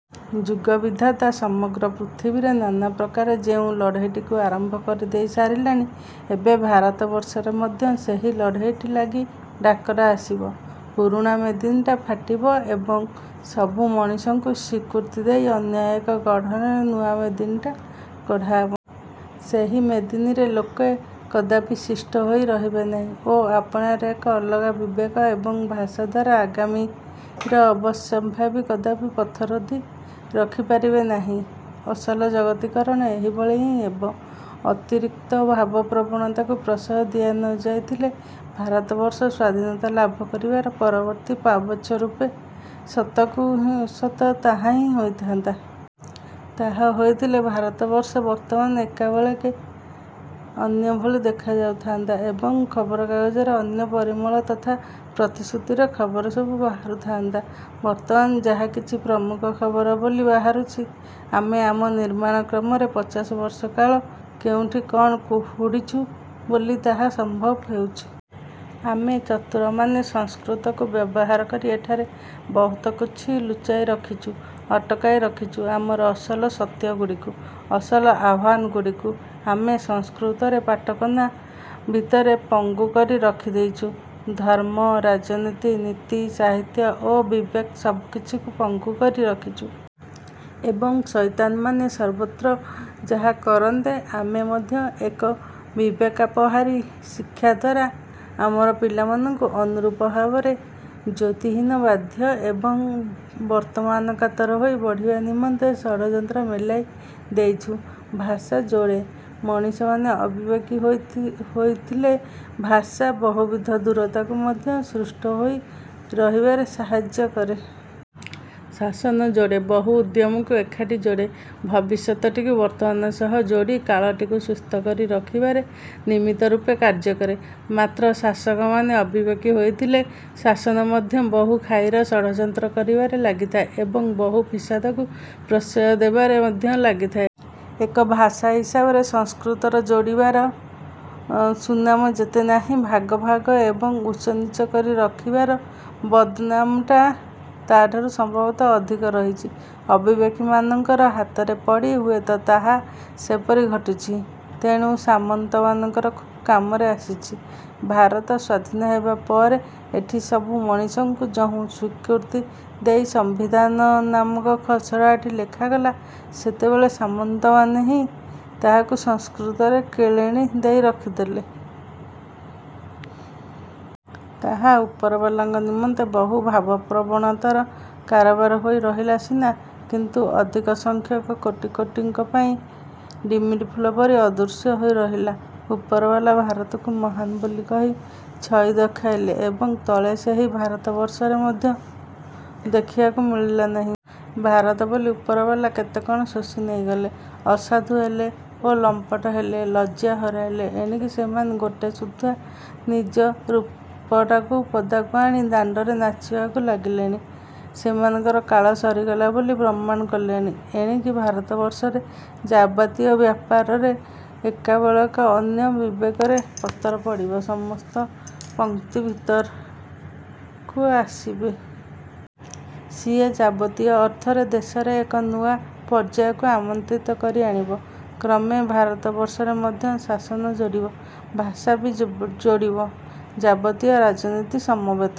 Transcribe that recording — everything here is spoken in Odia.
ଯୁଗବିଧାତା ସମଗ୍ର ପୃଥିବୀରେ ନାନା ପ୍ରକାରେ ଯେଉଁ ଲଢ଼େଇଟିକୁ ଆରମ୍ଭ କରିଦେଇ ସାରିଲାଣି ଏବେ ଭାରତବର୍ଷରେ ମଧ୍ୟ ସେହି ଲଢ଼େଇଟି ଲାଗି ଡାକରା ଆସିବ। ପୁରୁଣା ମେଦିନୀଟା ଫାଟିବ ଏବଂ ସବୁ ମଣିଷଙ୍କୁ ସ୍ୱୀକୃତି ଦେଇ ଅନ୍ୟ ଏକ ଗଢ଼ଣରେ ନୂଆ ମେଦିନୀଟି ଗଢ଼ା ହେବ। ସେହି ମେଦିନୀରେ ଲୋକେ କଦାପି ଶିଷ୍ଟ ହୋଇ ରହିବେ ନାହିଁ ଓ ଆପଣାର ଏକ ଅଲଗା ବିବେକ ଏବଂ ଭାଷା ଦ୍ୱାରା ଆଗାମୀର ଅବଶ୍ୟମ୍ଭାବୀକୁ କଦାପି ପଥରୋଧି ରଖିପାରିବେ ନାହିଁ। ଅସଲ ଜଗତୀକରଣ ଏହିଭଳି ହିଁ ହେବ। ଅତିରିକ୍ତ ଭାବପ୍ରବଣତାକୁ ପ୍ରଶ୍ରୟ ଦିଆଯାଇ ନଥିଲେ ଭାରତବର୍ଷ ସ୍ଵାଧୀନତା ଲାଭ କରିବାର ପରବର୍ତ୍ତୀ ପାବଚ୍ଛରୂପେ ସତକୁ ସତ ତାହାହିଁ ହୋଇଥାନ୍ତା। ତାହା ହୋଇଥିଲେ ଭାରତବର୍ଷ ବର୍ତ୍ତମାନ ଏକାବେଳେକେ ଅନ୍ୟ ଭଳି ଦେଖା ଯାଉଥାନ୍ତା ଏବଂ ଖବରକାଗଜରେ ଅନ୍ୟ ପରିମଳ ତଥା ପ୍ରତିଶ୍ରୁତିର ଖବର ସବୁ ବାହାରୁ ଥାଆନ୍ତା। ବର୍ତ୍ତମାନ ଯାହାକିଛି ପ୍ରମୁଖ ଖବର ବୋଲି ବାହାରୁଛି ଆମେ ଆମ ନିର୍ମାଣକ୍ରମରେ ପଚାଶ ବର୍ଷ କାଳ କେଉଁଠି କଣ ହୁଡ଼ିଛୁ ବୋଲି ତାହା ସମ୍ଭବ ହେଉଛି। ଆମେ ଚତୁରମାନେ ସଂସ୍କୃତକୁ ବ୍ୟବହାର କରି ଏଠାରେ ବହୁତ କିଛିକୁ ଲୁଚାଇ ରଖିଛୁ, ଅଟକାଇ ରଖିଛୁ। ଆମର ଅସଲ ସତ୍ୟଗୁଡ଼ିକୁ, ଅସଲ ଆହ୍ୱାନଗୁଡ଼ିକୁ ଆମେ ସଂସ୍କୃତରେ ପାଟକନା ଭିତରେ ପଙ୍ଗୁ କରି ରଖି ଦେଇଛୁ। ଧର୍ମ, ରାଜନୀତି, ନୀତି, ସାହିତ୍ୟ ଓ ବିବେକ ସବୁକିଛିକୁ ପଙ୍ଗୁ କରି ରଖିଛୁ। ଏବଂ ଶଇତାନମାନେ ସର୍ବତ୍ର ଯାହା କରନ୍ତେ ଆମେ ମଧ୍ୟ ଏକ ବିବେକାପହାରୀ ଶିକ୍ଷା ଦ୍ୱାରା ଆମର ପିଲାମାନଙ୍କୁ ଅନୁରୂପ ଭାବରେ ଜ୍ୟୋତିହୀନ, ବାଧ୍ୟ ଏବଂ ବର୍ତ୍ତମାନକାତର ହୋଇ ବଢ଼ିବା ନିମନ୍ତେ ଷଡ଼ଯନ୍ତ୍ର ମେଲାଇ ଦେଇଛୁ। ଭାଷା ଯୋଡ଼େ। ମଣିଷମାନେ ଅବିବେକୀ ହୋଇ ହୋଇଥଲେ ଭାଷା ବହୁବିଧ ଦୂରତାକୁ ମଧ୍ୟ ସୃଷ୍ଟ ହୋଇ ରହିବାରେ ସାହାଯ୍ୟ କରେ। ଶାସନ ଯୋଡ଼େ, ବହୁ ଉଦ୍ୟମକୁ ଏକାଠି ଯୋଡ଼େ, ଭବିଷ୍ୟତଟିକୁ ବର୍ତ୍ତମାନ ସହ ଯୋଡ଼ି କାଳଟିକୁ ସୁସ୍ଥକରି ରଖିବାରେ ନିମିତ୍ତ ରୂପେ କାର୍ଯ୍ୟକରେ। ମାତ୍ର ଶାସକମାନେ ଅବିବେକୀ ହୋଇଥିଲେ ଶାସନ ମଧ୍ୟ ବହୁ ଖାଇର ଷଡ଼ଯନ୍ତ୍ର କରିବାରେ ଲାଗିଥାଏ ଏବଂ ବହୁ ଫିସାଦକୁ ପ୍ରଶ୍ରୟ ଦେବାରେ ମଧ୍ୟ ଲାଗିଥାଏ। ଏକ ଭାଷା ହିସାବରେ ସଂସ୍କୃତର ଯୋଡ଼ିବାର ସୁନାମ ଯେତେ ନାହିଁ ଭାଗ ଭାଗ ଏବଂ ଉଚ୍ଚ ନୀଚ କରି ରଖିବାର ବଦନାମଟା ତା'ଠାରୁ ସମ୍ଭବତଃ ଅଧିକ ରହିଛି। ଅବିବେକୀମାନଙ୍କର ହାତରେ ପଡ଼ି ହୁଏତ ତାହା ସେପରି ଘଟିଛି। ତେଣୁ ସାମନ୍ତମାନଙ୍କର କାମରେ ଆସିଛି। ଭାରତ ସ୍ୱାଧୀନ ହେବା ପରେ ଏଠି ସବୁ ମଣିଷଙ୍କୁ ଯହୁଁ ସ୍ୱୀକୃତି ଦେଇ ସମ୍ବିଧାନ ନାମକ ଖସଡ଼ାଟି ଲେଖାଗଲା, ସେତେବେଳେ ସାମନ୍ତମାନେ ହିଁ ତାହାକୁ ସଂସ୍କୃତରେ କିଳିଣି ଦେଇ ରଖିଦେଲେ। ତାହା ଉପରବାଲାଙ୍କ ନିମନ୍ତେ ବହୁ ଭାବପ୍ରବଣତାର କାରବାର ହୋଇ ରହିଲା ସିନା କିନ୍ତୁ ଅଧିକସଂଖ୍ୟକ କୋଟି କୋଟିଙ୍କ ପାଇଁ ଡ଼ିମିରିଫୁଲ ପରି ଅଦୃଶ୍ୟ ହୋଇ ରହିଲା। ଉପରବାଲା ଭାରତକୁ ମହାନ୍ ବୋଲି କହି ଛଇ ଦେଖାଇଲେ ଏବଂ ତଳେ ସେହି ଭାରତବର୍ଷରେ ମଧ୍ୟ ଦେଖିବାକୁ ମିଳିଲା ନାହିଁ। ଭାରତ ବୋଲି ଉପରବାଲା କେତେ କଣ ଶୋଷି ନେଇଗଲେ। ଅସାଧୁ ହେଲେ ଓ ଲମ୍ପଟ ହେଲେ। ଲଜ୍ଜା ହରାଇଲେ। ଏଣିକି ସେମାନେ ଗୋଟାସୁଦ୍ଧା ନିଜ ରୂପଟାକୁ ପଦାକୁ ଆଣି ଦାଣ୍ଡରେ ନାଚିବାକୁ ଲାଗିଲେଣି। ସେମାନଙ୍କର କାଳ ସରିଗଲା ବୋଲି ପ୍ରମାଣ କଲେଣି। ଏଣିକି ଭାରତବର୍ଷରେ ଯାବତୀୟ ବ୍ୟାପାରରେ ଏକାବେଳେକେ ଅନ୍ୟ ବିବେକରେ ପତର ପଡ଼ିବ ସମସ୍ତେ ପଂକ୍ତି ଭିତରକୁ ଆସିବେ। ସିଏ ଯାବତୀୟ ଅର୍ଥରେ ଦେଶରେ ଏକ ନୂଆ ପର୍ଯ୍ୟାୟକୁ ଆମନ୍ତ୍ରିତ କରି ଆଣିବ। କ୍ରମେ ଭାରତବର୍ଷରେ ମଧ୍ୟ ଶାସନ ଯୋଡ଼ିବ, ଭାଷା ବି ଯୋଡ଼ିବ। ଯାବତୀୟ ରାଜନୀତି ସମବେତ